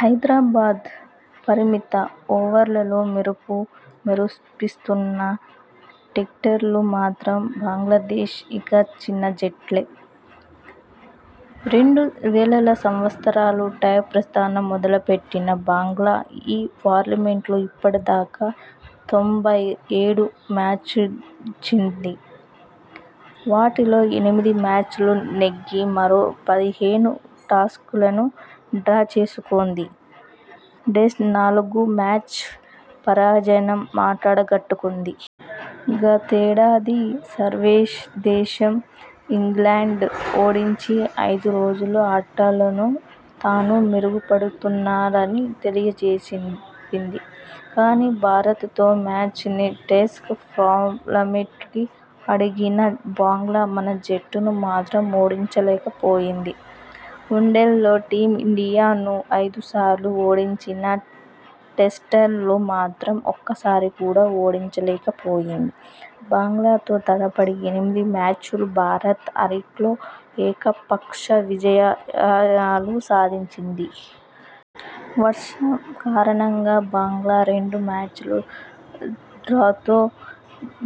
హైదరాబాద్ పరిమిత ఓవర్లలో మెరుపు మెరిపిస్తున్నా టిటరుల్లో మాత్రం బంగ్లాదేశ్ ఇంకా చిన్నజట్టే! రెండు వేలవ సంవత్సరంలో టెస్టు ప్రస్థానం మొదలుపెట్టిన బంగ్లా ఈ ఫార్మాట్లో ఇప్పటిదాకా తొంభై ఏడు మ్యాచ్లాడింది. వాటిలో ఎనిమిది మ్యాచ్ల్లో నెగ్గి, మరో పదిహేను టాస్క లను డ్రా చేసుకుంది. డెబ్బై నాలుగు మ్యాచ్ల్ల పరాజయం మటడాగట్టుకుంది. గతేడాది స్వదేశంలో ఇంగ్లండ్ను ఓడించి ఐదు రోజుల ఆటలోనూ తాను మెరుగుపడుతున్నానని తెలియజెప్పింది. కానీ, భారతతో మ్యాచ్తోనే టెస్టు ఫార్మాట్లోకి అడుగిడిన బంగ్లా మన జట్టును మాత్రం ఓడించలేకపోయింది. వన్డేల్లో టీమిండియాను ఐదు సార్లు ఓడించినా టెస్టుల్లో మాత్రం ఒక్కసారి కూడా ఓడించలేకపోయింది. బంగ్లాతో తలపడ్డ ఎనిమిది మ్యాచ్ల్లో భారత ఆరింట్లో ఏకపక్ష విజయాలు సాధించింది. వర్షం కారణంగా బంగ్లా రెండు మ్యాచ్ల్లో డ్రాతో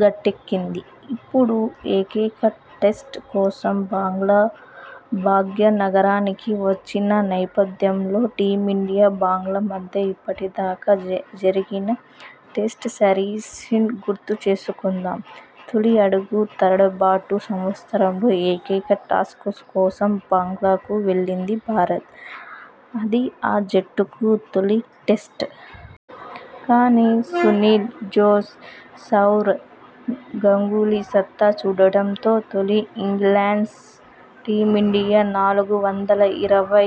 గట్టెక్కింది. ఇప్పుడు ఏకైక టెస్టు కోసం బంగ్లాభాగ్యనగరానికి వచ్చిన నేపథ్యంలో టీమిండియా-బంగ్లా మధ్య ఇప్పటిదాకా జరిగిన టెస్టు సిరీస్లను గుర్తు చేసుకుందాం! తొలి అడుగే తడబాటు సంవత్సరంలో ఏకైక టెస్టు కోసం బంగ్లాకు వెళ్లింది భారత. అది ఆ జట్టుకు తొలి టెస్టు. కానీ, సునీల్ జోషి, సౌరవ్ గంగూలీ సత్తా చాటడంతో తొలి ఇన్నింగ్స్లో టీమిండియా నాలుగు వందల ఇరవై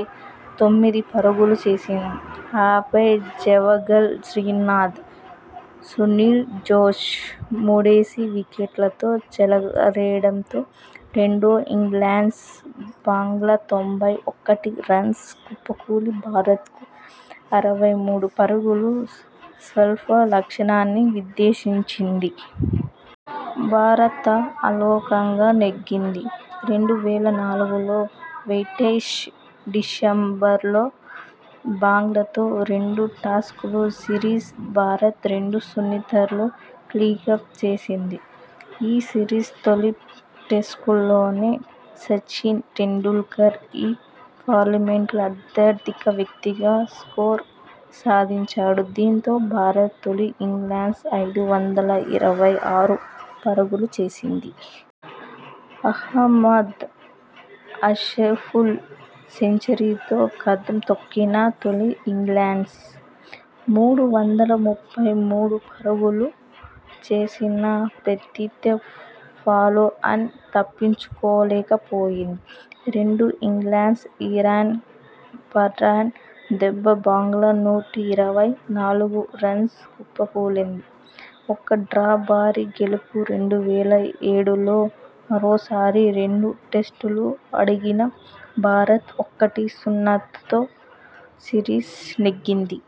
తొమ్మిది పరుగులు చేసింది. ఆపై జవగళ్ శ్రీనాథ్, సునీల్ జోషి మూడేసి వికెట్లతో చెలరేగడంతో రెండో ఇన్నింగ్స్లో బంగ్లా తొంభై ఒకటి రన్స్కే కుప్పకూలి భారతకు అరవై మూడు పరుగుల స్వల్ప లక్ష్యాన్ని నిర్దేశించింది. భారత అలవోకగా నెగ్గింది. రెండు వేల నాలుగులో వైట్వాష్ డిసెంబర్లో బంగ్లాతో రెండు టెస్టుల సిరీస్ను భారత రెండు-సున్నాతో క్లీన్స్వీప్ చేసింది. ఈ సిరీస్ తొలి టెస్టులోనే సచిన్ టెండూల్కర్ ఈ ఫార్మాట్లో అత్యధిక వ్యక్తిగత స్కోరు సాధించాడు. దీంతో భారత తొలి ఇన్నింగ్స్లో ఐదు వందల ఇరవై ఆరు పరుగులు చేసింది. మహ్మద్ అష్రఫుల్ సెంచరీతో కదం తొక్కినా తొలి ఇన్నింగ్స్లో మూడు వందల ముప్పై మూడు పరుగులే చేసిన ప్రత్యర్థి ఫాలోఆన్ తప్పించుకోలేకపోయింది. రెండో ఇన్నింగ్స్లో ఇర్ఫాన్ పఠాన్ దెబ్బకు బంగ్లా నూట ఇరవై నాలుగు రన్స్కే కుప్పకూలింది. ఒక డ్రా భారీ గెలుపు రెండు వేల ఏడులో మరోసారి రెండు టెస్టులు ఆడిన భారత ఒకటి-సున్నాతో సిరీస్ నెగ్గింది.